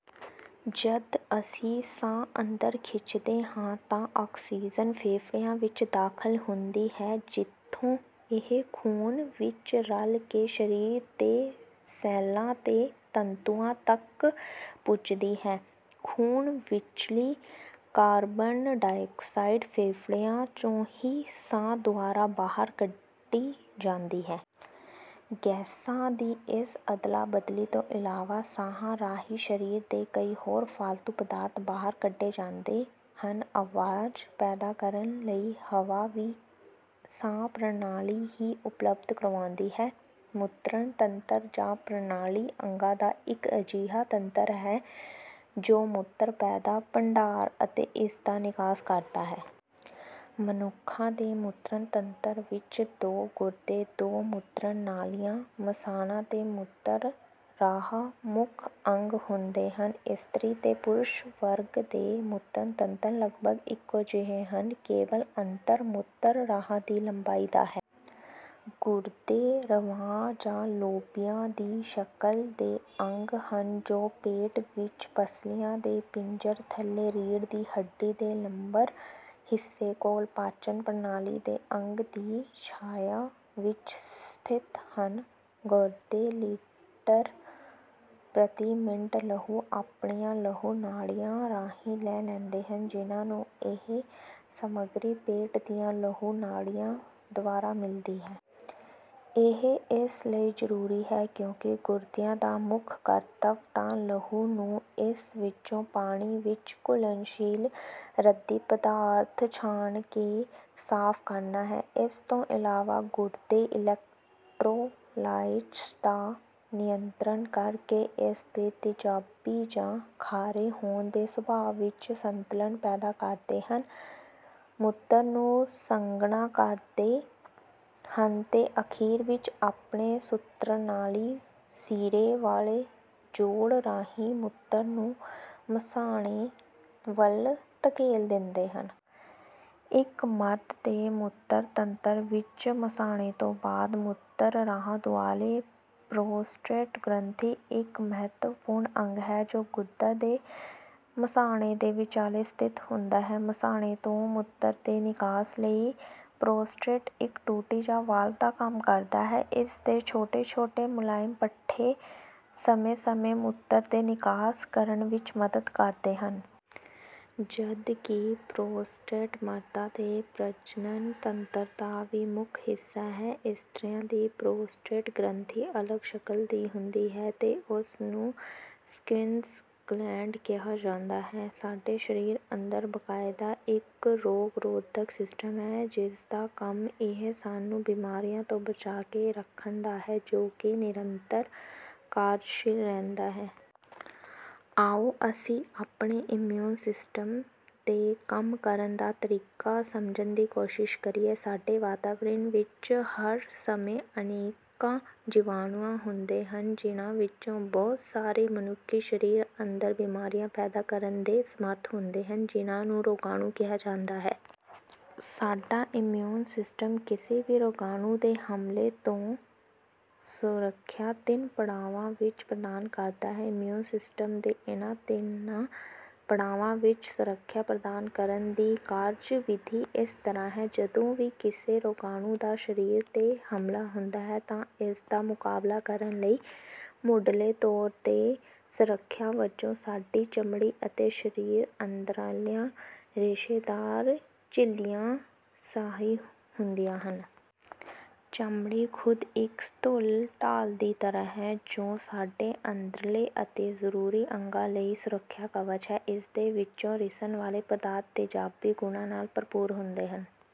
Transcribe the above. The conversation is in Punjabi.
ਜਦ ਅਸੀਂ ਸਾਹ, ਅੰਦਰ ਖਿੱਚਦੇ ਹਾਂ ਤਾਂ ਆਕਸੀਜਨ ਫੇਫੜਿਆਂ ਵਿੱਚ ਦਾਖ਼ਲ ਹੁੰਦੀ ਹੈ ਜਿੱਥੋਂ ਇਹ ਖ਼ੂਨ ਵਿੱਚ ਰਲ ਕੇ ਸਰੀਰ ਦੇ ਸੈੱਲਾਂ ਤੇ ਤੰਤੂਆਂ ਤੱਕ ਪੁੱਜਦੀ ਹੈ। ਖ਼ੂਨ ਵਿਚਲੀ ਕਾਰਬਨ ਡਾਇਆਕਸਾਈਡ ਫੇਫੜਿਆਂ 'ਚੋਂ ਹੀ ਸਾਹ ਦੁਆਰਾ ਬਾਹਰ ਕੱਢੀ ਜਾਂਦੀ ਹੈ। ਗੈਸਾਂ ਦੀ ਇਸ ਅਦਲਾ-ਬਦਲੀ ਤੋਂ ਇਲਾਵਾ, ਸਾਹ ਰਾਹੀਂ ਸਰੀਰ ਦੇ ਕਈ ਹੋਰ ਫਾਲਤੂ ਪਦਾਰਥ ਬਾਹਰ ਕੱਢੇ ਜਾਂਦੇ ਹਨ। ਆਵਾਜ਼ ਪੈਦਾ ਕਰਨ ਲਈ ਹਵਾ ਵੀ ਸਾਹ ਪ੍ਰਣਾਲੀ ਹੀ ਉਪਲਬਧ ਕਰਵਾਉਂਦੀ ਹੈ। ਮੂਤਰਣ ਤੰਤਰ ਜਾਂ ਪ੍ਰਣਾਲੀ ਅੰਗਾਂ ਦਾ ਇੱਕ ਅਜਿਹਾ ਤੰਤਰ ਹੈ ਜੋ ਮੂਤਰ ਪੈਦਾ, ਭੰਡਾਰ ਅਤੇ ਇਸ ਦਾ ਨਿਕਾਸ ਕਰਦਾ ਹੈ। ਮਨੁੱਖਾਂ ਦੇ ਮੂਤਰਣ ਤੰਤਰ ਵਿੱਚ ਦੋ ਗੁਰਦੇ, ਦੋ ਮੂਤਰਣ ਨਾਲੀਆਂ, ਮਸਾਨਾ ਤੇ ਮੂਤਰ ਰਾਹ, ਮੁੱਖ ਅੰਗ ਹੁੰਦੇ ਹਨ। ਇਸਤਰੀ ਤੇ ਪੁਰਸ਼ ਵਰਗ ਦੇ ਮੂਤਰਣ ਤੰਤਰ ਲਗਭਗ ਇਕੋ ਜਿਹੇ ਹਨ, ਕੇਵਲ ਅੰਤਰ ਮੂਤਰ ਰਾਹ ਦੀ ਲੰਬਾਈ ਦਾ ਹੈ। ਗੁਰਦੇ ,ਰਵਾਂਹ ਜਾਂ ਲੋਬੀਆ ਦੀ ਸ਼ਕਲ ਦੇ ਅੰਗ ਹਨ ਜੋ ਪੇਟ ਵਿੱਚ ਪਸਲੀਆਂ ਦੇ ਪਿੰਜਰ ਥੱਲੇ, ਰੀੜ ਦੀ ਹੱਡੀ ਦੇ ਲੰਬਰ ਹਿੱਸੇ ਕੋਲ, ਪਾਚਣ ਪ੍ਰਣਾਲੀ ਦੇ ਅੰਗਾਂ ਦੀ ਛਾਇਆ ਵਿੱਚ ਸਥਿਤ ਹਨ। ਗੁਰਦੇ ਲਿਟਰ ਪ੍ਰਤੀ ਮਿੰਟ ਲਹੂ ਆਪਣੀਆਂ ਲਹੂ ਨਾੜੀਆਂ ਰਾਹੀਂ ਲੈ ਲੈਂਦੇ ਹਨ ਜਿਨ੍ਹਾਂ ਨੂੰ ਇਹ ਸਮੱਗਰੀ ਪੇਟ ਦੀਆਂ ਲਹੂ ਨਾੜੀਆਂ ਦਵਾਰਾ ਮਿਲਦੀ ਹੈ। ਇਹ ਇਸ ਲਈ ਜ਼ਰੂਰੀ ਹੈ, ਕਿਉਂਕਿ ਗੁਰਦਿਆਂ ਦਾ ਮੁੱਖ ਕਰਤਵ ਤਾਂ ਲਹੂ ਨੂੰ ,ਇਸ ਵਿਚੌਂ ਪਾਣੀ ਵਿੱਚ ਘੁਲਣਸ਼ੀਲ ਰੱਦੀ ਪਦਾਰਥ ਛਾਣ ਕੇ, ਸਾਫ਼ ਕਰਨਾ ਹੈ। ਇਸ ਤੌਂ ਇਲਾਵਾ ਗੁਰਦੇ ਈਲੈਕਟਰੋਲਾਈਟਸ ਦਾ ਨਿਯੰਤਰਣ ਕਰ ਕੇ ਇਸ ਦੇ ਤਿਜਾਬੀ ਜਾਂ ਖਾਰੇ ਹੋਣ ਦੇ ਸੁਭਾਅ ਵਿੱਚ ਸੰਤੁਲਨ ਪੈਦਾ ਕਰਦੇ ਹਨ, ਮੂਤਰ ਨੂੰ ਸੰਘਣਾ ਕਰਦੇ ਹਨ ਤੇ ਅਖੀਰ ਵਿੱਚ ਆਪਣੇ ਮੂਤਰਨਲੀ ਸਿਰੇ ਵਾਲੇ ਜੋੜ ਰਾਹੀਂ ਮੂਤਰ ਨੂੰ ਮਸਾਨੇ ਵਲ ਧਕੇਲ ਦਿੰਦੇ ਹਨ। ਇਕ ਮਰਦ ਦੇ ਮੂਤਰ ਤੰਤਰ ਵਿੱਚ ਮਸਾਨੇ ਤੌੰ ਬਾਦ ਮੂਤਰ ਰਾਹ ਦੁਆਲੇ ਪਰੋਸਟੇਟ ਗ੍ਰੰਥੀ ਇੱਕ ਮਹੱਤਵ ਪੂਰਨ ਅੰਗ ਹੈ ਜੋ ਗੁਦਾ ਤੇ ਮਸਾਨੇ ਦੇ ਵਿਚਾਲੇ ਸਥਿਤ ਹੁੰਦਾ ਹੈ। ਮਸਾਨੇ ਤੋਂ ਮੂਤਰ ਦੇ ਨਿਕਾਸ ਲਈ ਪਰੋਸਟੇਟ ਇੱਕ ਟੂਟੀ ਜਾਂ ਵਾਲਵ ਦਾ ਕੰਮ ਕਰਦਾ ਹੈ, ਇਸ ਦੇ ਛੋਟ ਛੋਟੇ ਮੁਲਾਇਮ ਪੱਠੇ ,ਸਮੇਂ ਸਮੇਂ ਮੂਤਰ ਦੇ ਨਿਕਾਸ ਕਰਨ ਵਿੱਚ ਮਦਦ ਕਰਦੇ ਹਨ। ਜਦ ਕਿ ਪਰੋਸਟੇਟ ਮਰਦਾਂ ਦੇ ਪ੍ਰਜਨਣ ਤੰਤਰ ਦਾ ਵੀ ਮੁਖ ਹਿੱਸਾ ਹੈ। ਇਸਤ੍ਰੀਆਂ ਦੀ ਪਰੋਸਟੇਟ ਗ੍ਰੰਥੀ ਅਲੱਗ ਸ਼ਕਲ ਦੀ ਹੁੰਦੀ ਹੈ ਤੇ ਉਸ ਨੂੰ ਸਕਿਨਜ਼ ਗਲੈਂਡ ਕਿਹਾ ਜਾਂਦਾ ਹੈ। ਸਾਡੇ ਸਰੀਰ ਅੰਦਰ ਬਕਾਇਦਾ ਇੱਕ ਰੋਗ-ਰੋਧਕ ਸਿਸਟਮ ਹੈ ਜਿਸਦਾ ਕੰਮ ਹੀ ਸਾਨੂੰ ਬੀਮਾਰੀਆਂ ਤੋਂ ਬਚਾ ਕੇ ਰੱਖਣ ਦਾ ਹੈ ਜੋ ਕਿ ਨਿਰੰਤਰ ਕਾਰਜਸ਼ੀਲ ਰਹਿੰਦਾ ਹੈ। ਆਓ ਅਸੀਂ ਆਪਣੇ ਇਮਿਊਨ ਸਿਸਟਮ ਦੇ ਕੰਮ ਕਰਨ ਦਾ ਤਰੀਕਾ ਸਮਝਣ ਦੀ ਕੋਸ਼ਿਸ ਕਰੀਏ। ਸਾਡੇ ਵਾਤਾਵਰਣ ਵਿੱਚ ਹਰ ਸਮੇਂ ਅਨੇਕਾਂ ਜੀਵਾਣੂ ਹੁੰਦੇ ਹਨ, ਜਿਨ੍ਹਾਂ ਵਿੱਚੋਂ ਬਹੁਤ ਸਾਰੇ ਮਨੁੱਖੀ ਸਰੀਰ ਅੰਦਰ ਬਿਮਾਰੀਆਂ ਪੈਦਾ ਕਰਨ ਦੇ ਸਮਰੱਥ ਹੁੰਦੇ ਹਨ, ਜਿਨ੍ਹਾਂ ਨੂੰ ਰੋਗਾਣੂ ਕਿਹਾ ਜਾਂਦਾ ਹੈ। ਸਾਡਾ ਇਮਿਊਨ ਸਿਸਟਮ ਕਿਸੇ ਵੀ ਰੋਗਾਣੂ ਦੇ ਹਮਲੇ ਤੋਂ ਸੁਰੱਖਿਆ ਤਿੰਨ ਪੜਾਵਾਂ ਵਿੱਚ ਪ੍ਰਦਾਨ ਕਰਦਾ ਹੈ। ਇਮਿਊਨ ਸਿਸਟਮ ਦੀ ਇਨ੍ਹਾਂ ਤਿੰਨਾਂ ਪੜਾਵਾਂ ਵਿੱਚ ਸੁਰੱਖਿਆ ਪ੍ਰਦਾਨ ਕਰਨ ਦੀ ਕਾਰਜ-ਵਿਧੀ ਇਸ ਤਰ੍ਹਾਂ ਹੈ। ਜਦੋਂ ਵੀ ਕਿਸੇ ਰੋਗਾਣੂ ਦਾ ਸਰੀਰ 'ਤੇ ਹਮਲਾ ਹੁੰਦਾ ਹੈ ਤਾਂ ਇਸਦਾ ਮੁਕਾਬਲਾ ਕਰਨ ਲਈ ਮੁਢਲੇ ਤੌਰ 'ਤੇ ਸੁਰੱਖਿਆ ਵਜੋਂ ਸਾਡੀ ਚਮੜੀ ਅਤੇ ਸਰੀਰ ਅੰਦਰਲੀਆਂ ਰੇਸ਼ੇਦਾਰ ਝਿੱਲੀਆਂ ਸਹਾਈ ਹੁੰਦੀਆਂ ਹਨ। ਚਮੜੀ ਖੁਦ ਇੱਕ ਸਥੂਲ ਢਾਲ ਦੀ ਤਰ੍ਹਾਂ ਹੈ ਜੋ ਸਾਡੇ ਅੰਦਰਲੇ ਅਤਿ ਜ਼ਰੂਰੀ ਅੰਗਾਂ ਲਈ ਸੁਰੱਖਿਆ ਕਵਚ ਹੈ। ਇਸਦੇ ਵਿੱਚੋਂ ਰਿਸਣ ਵਾਲੇ ਪਦਾਰਥ ਤੇਜ਼ਾਬੀ ਗੁਣਾਂ ਨਾਲ ਭਰਪੂਰ ਹੁੰਦੇ ਹਨ।